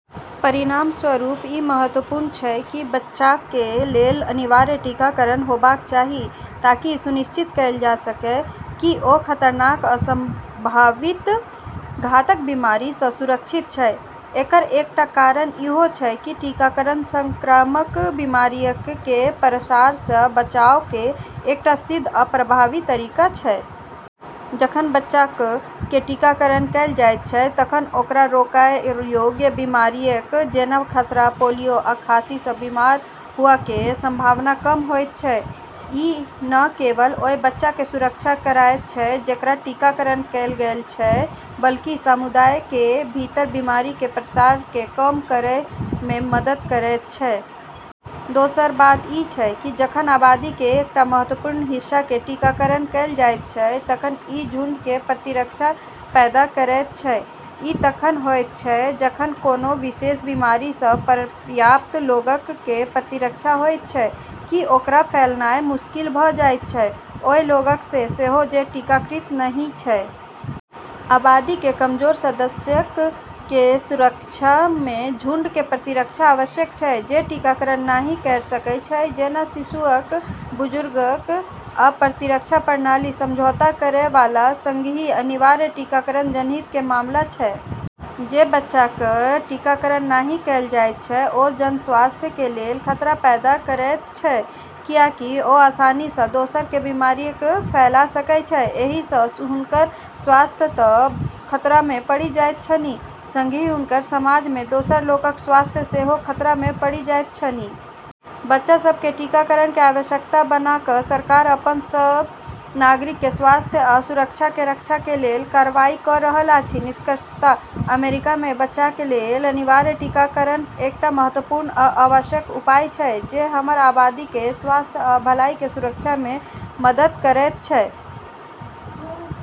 परिणामस्वरूप, इ महत्वपूर्ण छै की बच्चाक कें लेल अनिवार्य टीकाकरण होबाक चाही, ताकि इ सुनिश्चित कैल जा सकएय की ओ खतरनाक आ संभावित घातक बीमारियक सं सुरक्षित छै. एकर एकटा कारण इहो छै की टीकाकरण संक्रामक बीमारियक कें प्रसार सं बचाव कें एकटा सिद्ध आ प्रभावी तरीका छै. जखन बच्चाक कें टीकाकरण कैल जायत छै, तखन ओकरा रोकएय योग्य बीमारियक जैना खसरा, पोलियो, आ खांसी सं बीमार हुअ कें संभावना कम होयत छै. इ न केवल ओय बच्चा कें सुरक्षा करएयत छै, जेकरा टीकाकरण कैल गेल छै, बल्कि समुदाय कें भीतर बीमारी कें प्रसार कें कम करएय मे मदद करएयत छै. दोसर बात इ छै की जखन आबादी कें एकटा महत्वपूर्ण हिस्सा कें टीकाकरण कैल जायत छै तखन इ झुंड कें प्रतिरक्षा पैदा करएयत छै. इ तखन होयत छै जखन कोनों विशेष बीमारी सं पर्याप्त लोगक कें प्रतिरक्षा होयत छै की ओकरा फैलनाय मुश्किल भ जायत छै, ओय लोगक मे सेहो जे टीकाकृत नहि छै. आबादी कें कमजोर सदस्यक कें सुरक्षा मे झुंड कें प्रतिरक्षा आवश्यक छै, जे टीकाकरण नहि कयर सकएय छै, जेना शिशुअक, बुजुर्गक, आ प्रतिरक्षा प्रणाली समझौता करएय वाला. संगहि, अनिवार्य टीकाकरण जनहित कें मामला छै. जे बच्चाक कें टीकाकरण नहि कैल जायत छै, ओ जनस्वास्थ्य कें लेल खतरा पैदा करएयत छै, कियाकि ओ आसानी सं दोसर कें बीमारियक फैला सकएय छै. एहि सं हुनकर स्वास्थ्य त' खतरा मे पड़ि जाइत छनि, संगहि हुनकर समाज मे दोसर लोकक स्वास्थ्य सेहो खतरा मे पड़ि जाइत छनि. बच्चा सब के टीकाकरण के आवश्यकता बना क सरकार अपन सब नागरिक के स्वास्थ्य आ सुरक्षा के रक्षा के लेल कार्रवाई क रहल अछि। निष्कर्षतः, अमेरिका मे बच्चाक कें लेल अनिवार्य टीकाकरण एकटा महत्वपूर्ण आ आवश्यक उपाय छै जे हमर आबादी कें स्वास्थ्य आ भलाई कें सुरक्षा मे मदद करएयत छै.